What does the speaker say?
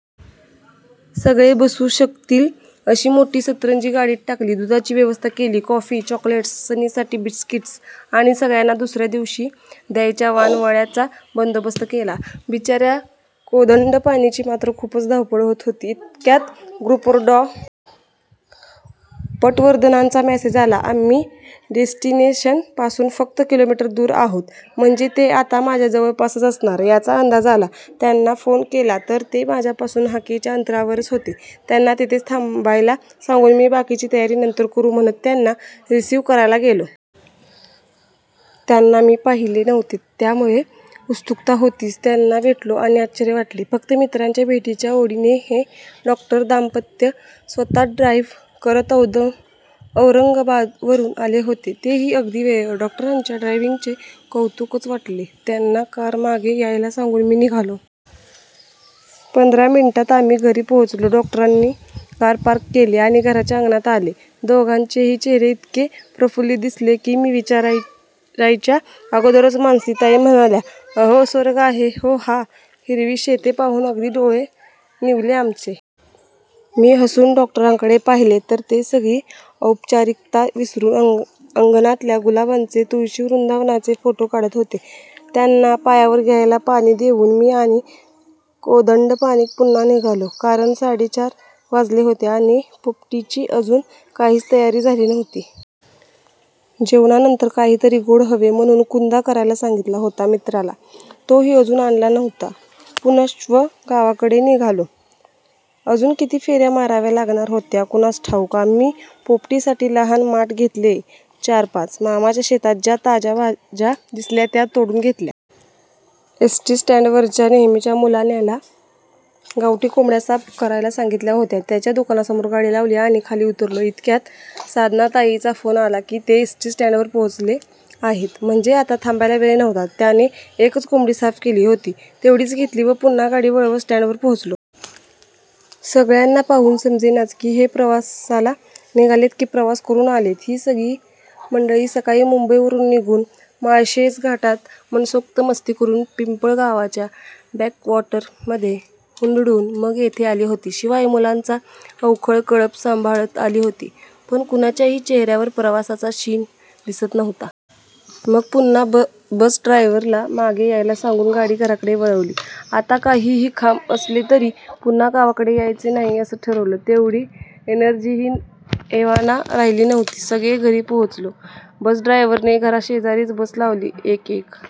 सगळे बसू शकतील अशी मोठी सतरंजी गाडीत टाकली, दुधाची व्यवस्था केली, कॉफी, चॉकलेटस्, सनीसाठी बिस्किटस, आणि सगळ्यांना दुसऱ्या दिवशी द्यायच्या 'वानवळ्या'चा बंदोबस्त केला. बिचाऱ्या कोदंडपाणीची मात्र खुपच धावपळ होत होती. इतक्यात ग्रुपवर डॉ. पटवर्धनांचा मेसेज आला "आम्ही डेस्टिनेशन पासुन फक्त किलोमिटर दुर आहोत" म्हणजे ते आता माझ्या जवळपासच असणार याचा अंदाज आला. त्यांना फोन केला तर ते माझ्यापासुन हाकेच्या अंतरावरच होते. त्यांना तेथेच थांबायला सांगुन मी 'बाकीची तयारी नंतर करु' म्हणत त्यांना रिसिव्ह करायला गेलो. त्यांना मी पाहीले नव्हते त्यामुळे उत्सुकता होतीच. त्यांना भेटलो आणि आश्चर्य वाटले. फक्त मित्रांच्या भेटीच्या ओढीने हे डॉक्टर दांपत्य स्वतः ड्राईव्ह करत औरंगाबादवरुन आले होते. तेही अगदी वेळेवर. डॉक्टरांच्या ड्रायव्हींगचे कौतुकच वाटले. त्यांना कारमागे यायला सांगुन मी निघालो. पंधरा मिनिटात आम्ही घरी पोहचलो. डॉक्टरांनी कार पार्क केली आणि घराच्या अंगणात आले. दोघांचेही चेहरे इतके प्रफुल्लीत दिसले की मी विचारायच्या अगोदरच मानसीताई म्हणाल्या "अहो स्वर्ग आहे हो हा. हिरवी शेते पाहुन अगदी डोळे निवले आमचे. " मी हसुन डॉक्टरांकडे पाहीले तर ते सगळी औपचारीकता विसरुन अंगणातल्या गुलाबांचे, तुळशीवृंदावनाचे फोटो काढत होते. त्यांना पायावर घ्यायला पाणी देवून मी आणि कोदंडपाणी पुन्हा निघालो. कारण साडेचार वाजले होते आणि पोपटीची अजुन काहीच तयारी झाली नव्हती. जेवणानंतर काहीतरी गोड हवे म्हणून 'कुंदा' करायला सांगितला होता मित्राला तोही अजुन आणला नव्हता. पुनश्च गावाकडे निघालो. अजुन किती फेऱ्या माराव्या लागणार होत्या कुणास ठाऊक! आम्ही पोपटीसाठी लहान माठ घेतले चार पाच. मामाच्या शेतात ज्या ताज्या भाज्या दिसल्या त्या तोडुन घेतल्या. एसटी स्टँडवरच्या नेहमीच्या मुलाण्याला गावठी कोंबड्या साफ करायला सांगितल्या होत्या, त्याच्या दुकानासमोर गाडी लावली आणि खाली उतरलो इतक्यात साधनाताईचा फोन आला की ते एसटी स्टँडवर पोहचले आहेत. म्हणजे आता थांबायला वेळ नव्हता. त्याने एकच कोंबडी साफ केली होती तेवढीच घेतली व पुन्हा गाडी वळवत स्टँडवर पोहचलो. सगळ्यांना पाहुन समजेनाच की हे प्रवासाला निघालेत की प्रवास करुन आलेत? ही सगळी मंडळी सकाळी मुंबईवरुन निघुन, माळशेज घाटात मनसोक्त मस्ती करुन, पिंपळगावच्या बॅकवॉटरमधे हुंदडून मग येथे आली होती, शिवाय मुलांचा अवखळ कळप सांभाळत आली होती, पण कुणाच्याही चेहऱ्यावर प्रवासाचा शिण दिसत नव्हता. मग पुन्हा बसड्रायव्हरला मागे यायला सांगुन गाडी घराकडे वळवली. आता काहीही काम असले तरी पुन्हा गावाकडे यायचे नाही असं ठरवलं. तेवढी एनर्जीही एव्हाना राहीली नव्हती. सगळे घरी पोहचलो. बसड्रायव्हरने घराशेजारीच बस लावली. एक एक